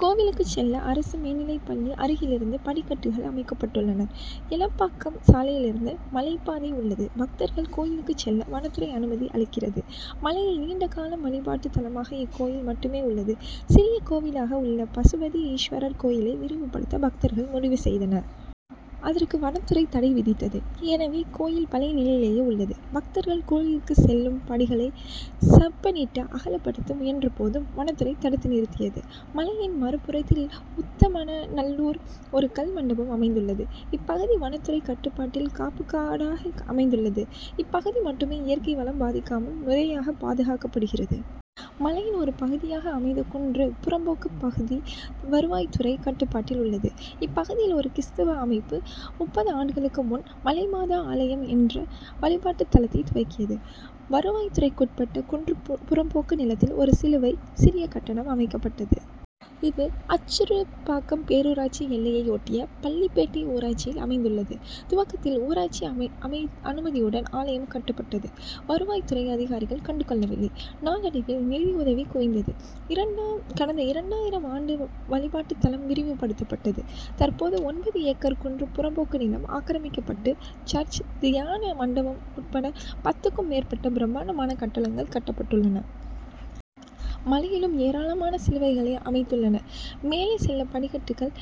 கோவிலுக்கு செல்ல அரசு மேல்நிலைப்பள்ளி அருகிலிருந்து படிக்கட்டுகள் அமைக்கப்பட்டுள்ளன. எலப்பாக்கம் சாலையிலிருந்து மலைப்பாதை உள்ளது. பக்தர்கள் கோவிலுக்கு செல்ல வனத்துறை அனுமதி அளிக்கிறது. மலையில் நீண்டகால வழிபாட்டு தலமாக இக்கோவில் மட்டுமே உள்ளது. சிறிய கோவிலாக உள்ள பசுபதி ஈஸ்வரர் கோவிலை விரிவுபடுத்த பக்தர்கள் முடிவு செய்தனர். அதற்கு வனத்துறை தடை விதித்தது. எனவே கோவில் பழைய நிலையிலேயே உள்ளது. பக்தர்கள் கோவிலுக்கு செல்லும் படிகளை செப்பனிட்டு அகலப்படுத்த முயன்ற போதும் வனத்துறை தடுத்து நிறுத்தியது. மலையின் மறுபுறத்தில் உத்தமநல்லூரில் ஒரு கல் மண்டபம் அமைந்துள்ளது. இப்பகுதி வனத்துறை கட்டுப்பாட்டில் காப்புக்காடாக அமைந்துள்ளது. இப்பகுதி மட்டுமே இயற்கை வளம் பாதிக்காமல் முறையாக பாதுகாக்கப்படுகிறது. மலையின் ஒரு பகுதியாக அமைந்த குன்று புறம்போக்கு பகுதி வருவாய்த்துறை கட்டுப்பாட்டில் உள்ளது. இப்பகுதியில் ஒரு கிறிஸ்தவ அமைப்பு முப்பது ஆண்டுகளுக்கு முன் மலைமாதா ஆலயம் என்ற வழிபாட்டு தலத்தை துவக்கியது. வருவாய் துறைக்குட்பட்ட குன்று புறம்போக்கு நிலத்தில் ஒரு சிலுவை, சிறிய கட்டடம் அமைக்கப்பட்டது. இது அச்சிறுப்பாக்கம் பேரூராட்சி எல்லையை ஒட்டிய பள்ளிப்பேட்டை ஊராட்சியில் அமைந்துள்ளது. துவக்கத்தில் ஊராட்சி அனுமதியுடன் ஆலயம் கட்டப்பட்டது. வருவாய்த் துறை அதிகாரிகள் கண்டுகொள்ளவில்லை. நாளடைவில் நிதியுதவி குவிந்தது. கடந்த இரண்டாயிரம் ஆண்டு வழிபாட்டுத்தலம் விரிவுபடுத்தப்பட்டது. தற்போது ஒன்பது ஏக்கர் குன்று புறம்போக்கு நிலம் ஆக்கிரமிக்கப்பட்டு சர்ச், தியான மண்டபம் உட்பட பத்துக்கும் மேற்பட்ட பிரமாண்டமான கட்டடங்கள் கட்டப்பட்டுள்ளன. மலையிலும் ஏராளமான சிலுவைகளை அமைத்துள்ளனர். மேலே செல்ல படிகள்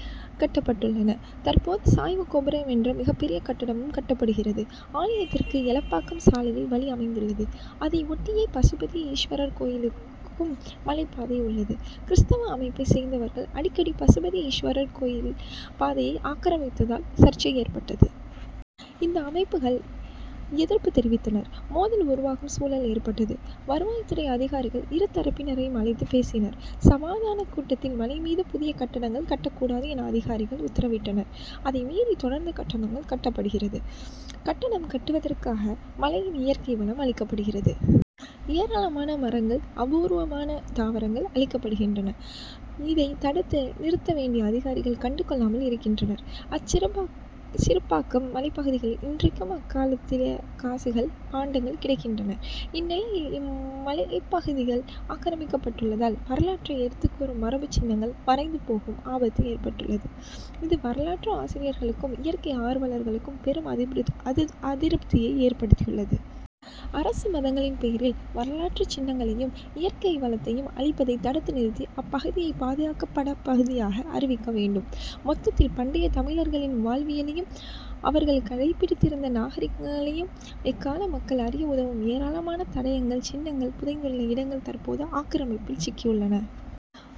கட்டப்பட்டுள்ளன. தற்போது சாய்வு கோபுரம் என்ற மிகப்பெரிய கட்டடமும் கட்டப்படுகிறது. ஆலயத்திற்கு எலப்பாக்கம் சாலையில் வழி அமைந்துள்ளது. அதை ஒட்டியே பசுபதி ஈஸ்வரர் கோவிலுக்கும் மலைப்பாதை உள்ளது. கிறிஸ்தவ அமைப்பை சேர்ந்தவர்கள் அடிக்கடி பசுபதி ஈஸ்வரர் கோவில் பாதையை ஆக்கிரமித்ததால் சர்ச்சை ஏற்பட்டது. இந்து அமைப்புகள் எதிர்ப்பு தெரிவித்தன. மோதல் உருவாகும் சூழல் ஏற்பட்டது. வருவாய் துறை அதிகாரிகள் இரு தரப்பினரையும் அழைத்து பேசினர். சமாதானக் கூட்டத்தில் மலை மீது புதிய கட்டடங்கள் கட்டக் கூடாது என அதிகாரிகள் உத்தரவிட்டனர். அதை மீறி தொடர்ந்து கட்டடங்கள் கட்டப்படுகின்றன. கட்டடம் கட்டுவதற்காக மலையின் இயற்கை வளம் அழிக்கப்படுகிறது. ஏராளமான மரங்கள், அபூர்வமான தாவரங்கள் அழிக்கப்படுகின்றன. இதை தடுத்து நிறுத்த வேண்டிய அதிகாரிகள் கண்டுகொள்ளாமல் இருக்கின்றனர். அச்சிறுப்பாக்கம் மலைப்பகுதிகளில் இன்றைக்கும் அக்காலத்திய காசுகள், பாண்டங்கள் கிடைக்கின்றன. இந்நிலையில், இம்மலைப்பகுதிகள் ஆக்கிரமிக்கப்பட்டுள்ளதால், வரலாற்றை எடுத்துக் கூறும் மரபுச் சின்னங்கள் மறைந்து போகும் ஆபத்து ஏற்பட்டுள்ளது. இது வரலாற்று ஆசிரியர்களுக்கும், இயற்கை ஆர்வலர்களுக்கும் பெரும் அதிருப்தியை ஏற்படுத்தியுள்ளது. அரசு மதங்களின் பெயரில், வரலாற்று சின்னங்களையும், இயற்கை வளத்தையும் அழிப்பதை தடுத்து நிறுத்தி அப்பகுதியை பாதுகாக்கப்பட்ட பகுதியாக அறிவிக்க வேண்டும். மொத்தத்தில், பண்டைய தமிழர்களின் வாழ்வியலையும், அவர்கள் கடைபிடித்திருந்த நாகரிகங்களையும், இக்கால மக்கள் அறிய உதவும் ஏராளமான தடயங்கள், சின்னங்கள் புதைந்துள்ள இடங்கள் தற்போது ஆக்கிரமிப்பில் சிக்கியுள்ளன.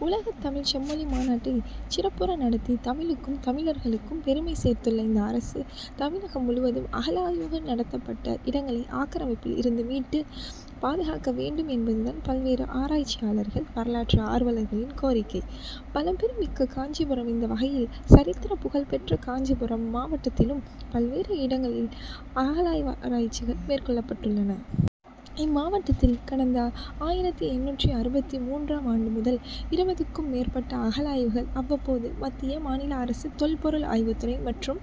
உலகத் தமிழ்ச் செம்மொழி மாநாட்டை சிறப்புற நடத்தி, தமிழுக்கும், தமிழர்களுக்கும் பெருமை சேர்த்துள்ள இந்த அரசு, தமிழகம் முழுவதும் அகழாய்வு நடத்தப்பட்ட இடங்களை ஆக்கிரமிப்பில் இருந்து மீட்டு, பாதுகாக்க வேண்டும் என்பது தான் பல்வேறு ஆராய்ச்சியாளர்கள், வரலாற்று ஆர்வலர்களின் கோரிக்கை. பழம் பெருமை மிக்க காஞ்சிபுரம் இந்த வகையில், சரித்திரப் புகழ் பெற்ற காஞ்சிபுரம் மாவட்டத்திலும் பல்வேறு இடங்களில் அகழ்வாராய்ச்சிகள் மேற்கொள்ளப்பட்டுள்ளன. இம்மாவட்டத்தில் கடந்த ஆயிரத்து எண்ணூற்று அறுபத்து மூன்றாம் ஆண்டு முதல் இருபதுக்கும் மேற்பட்ட அகழாய்வுகள் அவ்வப்போது மத்திய, மாநில அரசு தொல்பொருள் ஆய்வுத்துறை மற்றும்